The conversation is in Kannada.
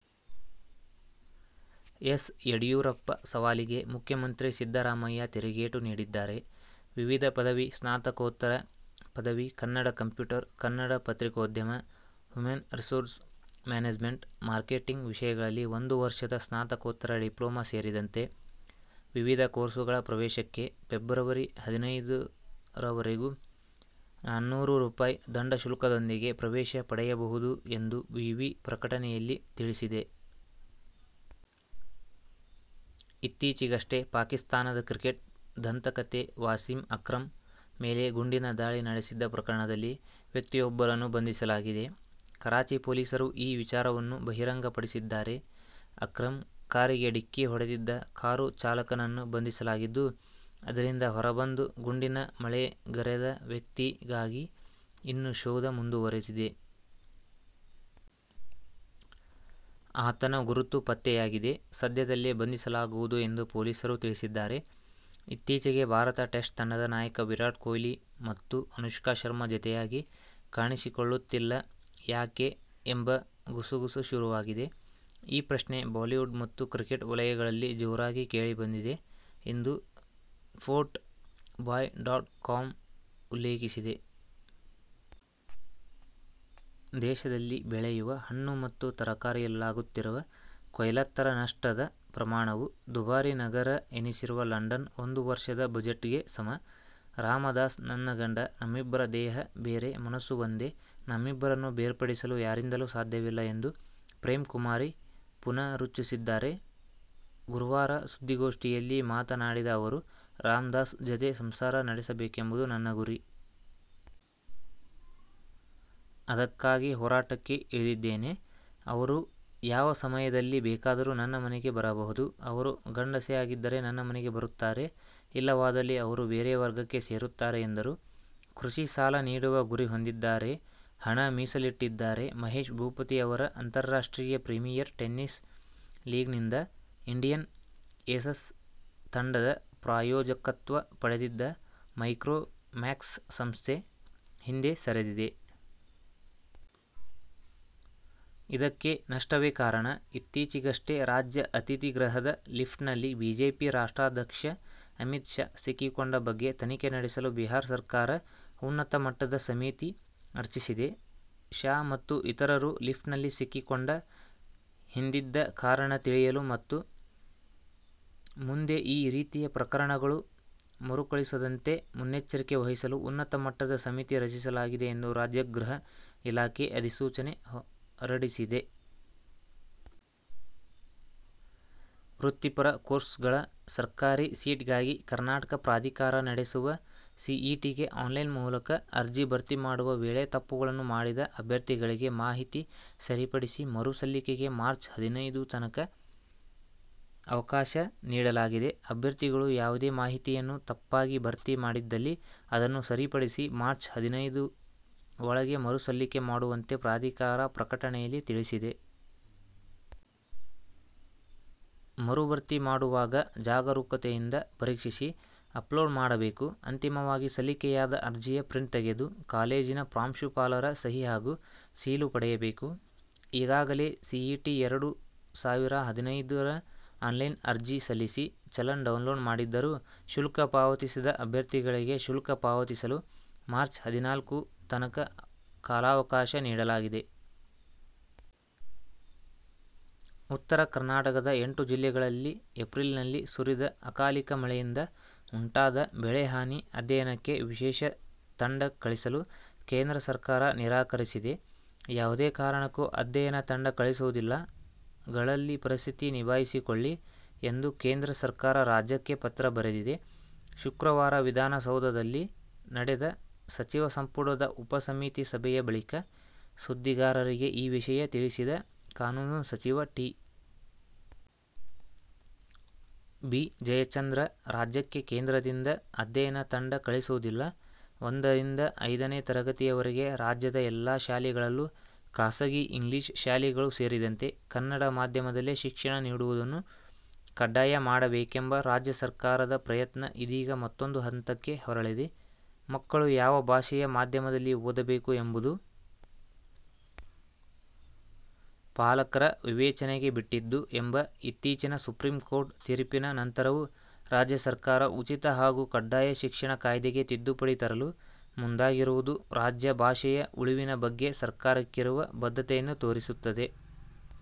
ಎಸ್. ಯಡಿಯೂರಪ್ಪ ಸವಾಲಿಗೆ ಮುಖ್ಯಮಂತ್ರಿ ಸಿದ್ದರಾಮಯ್ಯ ತಿರುಗೇಟು ನೀಡಿದ್ದಾರೆ. ವಿವಿಧ ಪದವಿ, ಸ್ನಾತಕೋತ್ತರ ಪದವಿ, ಕನ್ನಡ ಕಂಪ್ಯೂಟರ್, ಕನ್ನಡ ಪತ್ರಿಕೋದ್ಯಮ, ಹ್ಯೂಮನ್ ರಿಸೋರ್ಸ್ ಮ್ಯಾನೇಜ್ಮೆಂಟ್, ಮಾರ್ಕೆಟಿಂಗ್ ವಿಷಯಗಳಲ್ಲಿ ಒಂದು ವರ್ಷದ ಸ್ನಾತಕೋತ್ತರ ಡಿಪ್ಲೊಮಾ ಸೇರಿದಂತೆ ವಿವಿಧ ಕೋರ್ಸುಗಳ ಪ್ರವೇಶಕ್ಕೆ ಫೆಬ್ರವರಿ ಹದಿನೈದು ರವರೆಗೂ ನನ್ನೂರು ರೂಪಾಯಿ ದಂಡಶುಲ್ಕದೊಂದಿಗೆ ಪ್ರವೇಶ ಪಡೆಯಬಹುದು ಎಂದು ವಿವಿ ಪ್ರಕಟನೆಯಲ್ಲಿ ತಿಳಿಸಿದೆ. ಇತ್ತೀಚೆಗಷ್ಟೇ ಪಾಕಿಸ್ತಾನದ ಕ್ರಿಕೆಟ್ ದಂತಕಥೆ ವಾಸಿಂ ಅಕ್ರಂ ಮೇಲೆ ಗುಂಡಿನ ದಾಳಿ ನಡೆಸಿದ್ದ ಪ್ರಕರಣದಲ್ಲಿ ವ್ಯಕ್ತಿಯೊಬ್ಬರನ್ನು ಬಂಧಿಸಲಾಗಿದೆ. ಕರಾಚಿ ಪೊಲೀಸರು ಈ ವಿಚಾರವನ್ನು ಬಹಿರಂಗಪಡಿಸಿದ್ದಾರೆ. ಅಕ್ರಂ ಕಾರಿಗೆ ಡಿಕ್ಕಿ ಹೊಡೆದಿದ್ದ ಕಾರು ಚಾಲಕನನ್ನು ಬಂಧಿಸಲಾಗಿದ್ದು, ಅದರಿಂದ ಹೊರಬಂದು ಗುಂಡಿನ ಮಳೆಗರೆದ ವ್ಯಕ್ತಿಗಾಗಿ ಇನ್ನೂ ಶೋಧ ಮುಂದುವರಿದಿದೆ. ಆತನ ಗುರುತು ಪತ್ತೆಯಾಗಿದೆ, ಸದ್ಯದಲ್ಲೇ ಬಂಧಿಸಲಾಗುವುದು ಎಂದು ಪೊಲೀಸರು ತಿಳಿಸಿದ್ದಾರೆ. ಇತ್ತೀಚೆಗೆ ಭಾರತ ಟೆಸ್ಟ್ ತಂಡದ ನಾಯಕ ವಿರಾಟ್ ಕೊಹ್ಲಿ ಮತ್ತು ಅನುಷ್ಕಾ ಶರ್ಮಾ ಜತೆಯಾಗಿ ಕಾಣಿಸಿಕೊಳ್ಳುತ್ತಿಲ್ಲ ಯಾಕೆ ಎಂಬ ಗುಸುಗುಸು ಶುರುವಾಗಿದೆ. ಈ ಪ್ರಶ್ನೆ ಬಾಲಿವುಡ್ ಮತ್ತು ಕ್ರಿಕೆಟ್ ವಲಯಗಳಲ್ಲಿ ಜೋರಾಗಿ ಕೇಳಿಬಂದಿದೆ ಎಂದು ನ್ಪೋರ್ಟ್ ಬಾಯ್ ಡಾಟ್ ಕಾಮ್ ಉಲ್ಲೇಖೀಸಿದೆ. ದೇಶದಲ್ಲಿ ಬೆಳೆಯುವ ಹಣ್ಣು ಮತ್ತು ತರಕಾರಿಯಲ್ಲಾಗುತ್ತಿರುವ ಕೊಯ್ಲೋತ್ತರ ನಷ್ಟದ ಪ್ರಮಾಣವು ದುಬಾರಿ ನಗರ ಎನಿಸಿರುವ ಲಂಡನ್ನ ಒಂದು ವರ್ಷದ ಬಜೆಟ್ಗೆ ಸಮ! "ರಾಮದಾಸ್ ನನ್ನ ಗಂಡ. ನಮ್ಮಿಬ್ಬರ ದೇಹ ಬೇರೆ ಮನಸ್ಸು ಒಂದೇ. ನಮ್ಮಿಬ್ಬರನ್ನು ಬೇರ್ಪಡಿಸಲು ಯಾರಿಂದಲೂ ಸಾಧ್ಯವಿಲ್ಲ' ಎಂದು ಪ್ರೇಮಕುಮಾರಿ ಪುನರುಚ್ಚರಿಸಿದ್ದಾರೆ. ಗುರುವಾರ ಸುದ್ದಿಗೋಷ್ಠಿಯಲ್ಲಿ ಮಾತನಾಡಿದ ಅವರು, ರಾಮದಾಸ್ ಜತೆ ಸಂಸಾರ ನಡೆಸಬೇಕೆಂಬುದು ನನ್ನ ಗುರಿ. ಅದಕ್ಕಾಗಿ ಹೋರಾಟಕ್ಕೆ ಇಳಿದಿದ್ದೇನೆ. ಅವರು ಯಾವ ಸಮಯದಲ್ಲಿ ಬೇಕಾದರೂ ನನ್ನ ಮನೆಗೆ ಬರಬಹುದು. ಅವರು ಗಂಡಸೇ ಆಗಿದ್ದರೆ ನನ್ನ ಮನೆಗೆ ಬರುತ್ತಾರೆ. ಇಲ್ಲವಾದಲ್ಲಿ ಅವರು ಬೇರೆ ವರ್ಗಕ್ಕೆ ಸೇರುತ್ತಾರೆ ಎಂದರು. ಕೃಷಿ ಸಾಲ ನೀಡುವ ಗುರಿ ಹೊಂದಿದ್ದಾರೆ. ಹಣ ಮೀಸಲಿಟ್ಟಿದ್ದಾರೆ. ಮಹೇಶ್ ಭೂಪತಿ ಅವರ ಅಂತಾರಾಷ್ಟ್ರೀಯ ಪ್ರೀಮಿಯರ್ ಟೆನಿಸ್ ಲೀಗ್ನಿಂದ ಇಂಡಿಯನ್ ಏಸಸ್ ತಂಡದ ಪ್ರಾಯೋಜಕತ್ವ ಪಡೆದಿದ್ದ ಮೈಕ್ರೋಮ್ಯಾಕ್ಸ್ ಸಂಸ್ಥೆ ಹಿಂದೆ ಸರಿದಿದೆ. ಇದಕ್ಕೆ ನಷ್ಟವೇ ಕಾರಣ. ಇತ್ತೀಚೆಗಷ್ಟೇ ರಾಜ್ಯ ಅತಿಥಿ ಗೃಹದ ಲಿಫ್ಟ್ನಲ್ಲಿ ಬಿಜೆಪಿ ರಾಷ್ಟ್ರಾಧ್ಯಕ್ಷ ಅಮಿತ್ ಶಾ ಸಿಕ್ಕಿಕೊಂಡ ಬಗ್ಗೆ ತನಿಖೆ ನಡೆಸಲು ಬಿಹಾರ ಸರ್ಕಾರ ಉನ್ನತ ಮಟ್ಟದ ಸಮಿತಿ ರಚಿಸಿದೆ. ಶಾ ಮತ್ತು ಇತರರು ಲಿಫ್ಟಿನಲ್ಲಿ ಸಿಕ್ಕಿಕೊಂಡ ಹಿಂದಿದ್ದ ಕಾರಣ ತಿಳಿಯಲು ಮತ್ತು ಮುಂದೆ ಈ ರೀತಿಯ ಪ್ರಕರಣಗಳು ಮರುಕಳಿಸದಂತೆ ಮುನ್ನೆಚ್ಚರಿಕೆ ವಹಿಸಲು, ಉನ್ನತ ಮಟ್ಟದ ಸಮಿತಿ ರಚಿಸಲಾಗಿದೆ ಎಂದು ರಾಜ್ಯ ಗೃಹ ಇಲಾಖೆ ಅಧಿಸೂಚನೆ ಹೊರಡಿಸಿದೆ. ವೃತ್ತಿಪರ ಕೋರ್ಸ್ಗಳ ಸರ್ಕಾರಿ ಸೀಟಿಗಾಗಿ ಕರ್ನಾಟಕ ಪ್ರಾಧಿಕಾರ ನಡೆಸುವ ಸಿಇಟಿಗೆ ಆನ್ಲೈನ್ ಮೂಲಕ ಅರ್ಜಿ ಭರ್ತಿ ಮಾಡುವ ವೇಳೆ ತಪ್ಪುಗಳನ್ನು ಮಾಡಿದ ಅಭ್ಯರ್ಥಿಗಳಿಗೆ ಮಾಹಿತಿ ಸರಿಪಡಿಸಿ ಮರು ಸಲ್ಲಿಕೆಗೆ ಮಾರ್ಚ್ ಹದಿನೈದು ತನಕ ಅವಕಾಶ ನೀಡಲಾಗಿದೆ. ಅಭ್ಯರ್ಥಿಗಳು ಯಾವುದೇ ಮಾಹಿತಿಯನ್ನು ತಪ್ಪಾಗಿ ಭರ್ತಿ ಮಾಡಿದ್ದಲ್ಲಿ ಅದನ್ನು ಸರಿಪಡಿಸಿ ಮಾರ್ಚ್ ಹದಿನೈದು ಒಳಗೆ ಮರು ಸಲ್ಲಿಕೆ ಮಾಡುವಂತೆ ಪ್ರಾಧಿಕಾರ ಪ್ರಕಟಣೆಯಲ್ಲಿ ತಿಳಿಸಿದೆ. ಮರುಭರ್ತಿ ಮಾಡುವಾಗ ಜಾಗರೂಕತೆಯಿಂದ ಪರೀಕ್ಷಿಸಿ, ಅಪ್ಲೋಡ್ ಮಾಡಬೇಕು. ಅಂತಿಮವಾಗಿ ಸಲ್ಲಿಕೆಯಾದ ಅರ್ಜಿಯ ಪ್ರಿಂಟ್ ತೆಗೆದು, ಕಾಲೇಜಿನ ಪ್ರಾಂಶುಪಾಲರ ಸಹಿ ಹಾಗೂ ಸೀಲು ಪಡೆಯಬೇಕು. ಈಗಾಗಲೇ ಸಿಇಟಿ-ಎರಡು ಸಾವಿರ ಹದಿನೈದು ರ ಆನ್ಲೈನ್ ಅರ್ಜಿ ಸಲ್ಲಿಸಿ, ಚಲನ್ ಡೌನ್ಲೋಡ್ ಮಾಡಿದ್ದರೂ ಶುಲ್ಕ ಪಾವತಿಸದ ಅಭ್ಯರ್ಥಿಗಳಿಗೆ ಶುಲ್ಕ ಪಾವತಿಸಲು ಮಾರ್ಚ್ರ ಹದಿನಾಲ್ಕು ತನಕ ಕಾಲಾವಕಾಶ ನೀಡಲಾಗಿದೆ. ಉತ್ತರ ಕರ್ನಾಟಕದ ಎಂಟು ಜಿಲ್ಲೆಗಳಲ್ಲಿ ಏಪ್ರಿಲ್ನಲ್ಲಿ ಸುರಿದ ಅಕಾಲಿಕ ಮಳೆಯಿಂದ ಉಂಟಾದ ಬೆಳೆ ಹಾನಿ ಅಧ್ಯಯನಕ್ಕೆ ವಿಶೇಷ ತಂಡ ಕಳಿಸಲು ಕೇಂದ್ರ ಸರ್ಕಾರ ನಿರಾಕರಿಸಿದೆ. ಯಾವುದೇ ಕಾರಣಕ್ಕೂ ಅಧ್ಯಯನ ತಂಡ ಕಳಿಸುವುದಿಲ್ಲ. ಗಳಲ್ಲಿ ಪರಿಸ್ಥಿತಿ ನಿಭಾಯಿಸಿಕೊಳ್ಳಿ ಎಂದು ಕೇಂದ್ರ ಸರ್ಕಾರ ರಾಜ್ಯಕ್ಕೆ ಪತ್ರ ಬರೆದಿದೆ. ಶುಕ್ರವಾರ ವಿಧಾನಸೌಧದಲ್ಲಿ ನಡೆದ ಸಚಿವ ಸಂಪುಟದ ಉಪ ಸಮಿತಿ ಸಭೆಯ ಬಳಿಕ ಸುದ್ದಿಗಾರರಿಗೆ ಈ ವಿಷಯ ತಿಳಿಸಿದ ಕಾನೂನು ಸಚಿವ ಟಿ. ಬಿ. ಜಯಚಂದ್ರ, ರಾಜ್ಯಕ್ಕೆ ಕೇಂದ್ರದಿಂದ ಅಧ್ಯಯನ ತಂಡ ಕಳಿಸುವುದಿಲ್ಲ. ಒಂದರಿಂದ ಐದನೇ ತರಗತಿಯವರೆಗೆ ರಾಜ್ಯದ ಎಲ್ಲಾ ಶಾಲೆಗಳಲ್ಲೂ, ಖಾಸಗಿ ಇಂಗ್ಲಿಷ್ ಶಾಲೆಗಳೂ ಸೇರಿದಂತೆ, ಕನ್ನಡ ಮಾಧ್ಯಮದಲ್ಲೇ ಶಿಕ್ಷಣ ನೀಡುವುದನ್ನು ಕಡ್ಡಾಯ ಮಾಡಬೇಕೆಂಬ ರಾಜ್ಯ ಸರ್ಕಾರದ ಪ್ರಯತ್ನ ಇದೀಗ ಮತ್ತೂಂದು ಹಂತಕ್ಕೆ ಹೊರಳಿದೆ. ಮಕ್ಕಳು ಯಾವ ಭಾಷೆಯ ಮಾಧ್ಯಮದಲ್ಲಿ ಓದಬೇಕು ಎಂಬುದು ಪಾಲಕರ ವಿವೇಚನೆಗೆ ಬಿಟ್ಟಿದ್ದು ಎಂಬ ಇತ್ತೀಚಿನ ಸುಪ್ರೀಂಕೋರ್ಟ್ ತೀರ್ಪಿನ ನಂತರವೂ ರಾಜ್ಯ ಸರ್ಕಾರ ಉಚಿತ ಹಾಗೂ ಕಡ್ಡಾಯ ಶಿಕ್ಷಣ ಕಾಯ್ದೆಗೆ ತಿದ್ದುಪಡಿ ತರಲು ಮುಂದಾಗಿರುವುದು ರಾಜ್ಯಭಾಷೆಯ ಉಳಿವಿನ ಬಗ್ಗೆ ಸರ್ಕಾರಕ್ಕಿರುವ ಬದ್ಧತೆಯನ್ನು ತೋರಿಸುತ್ತದೆ.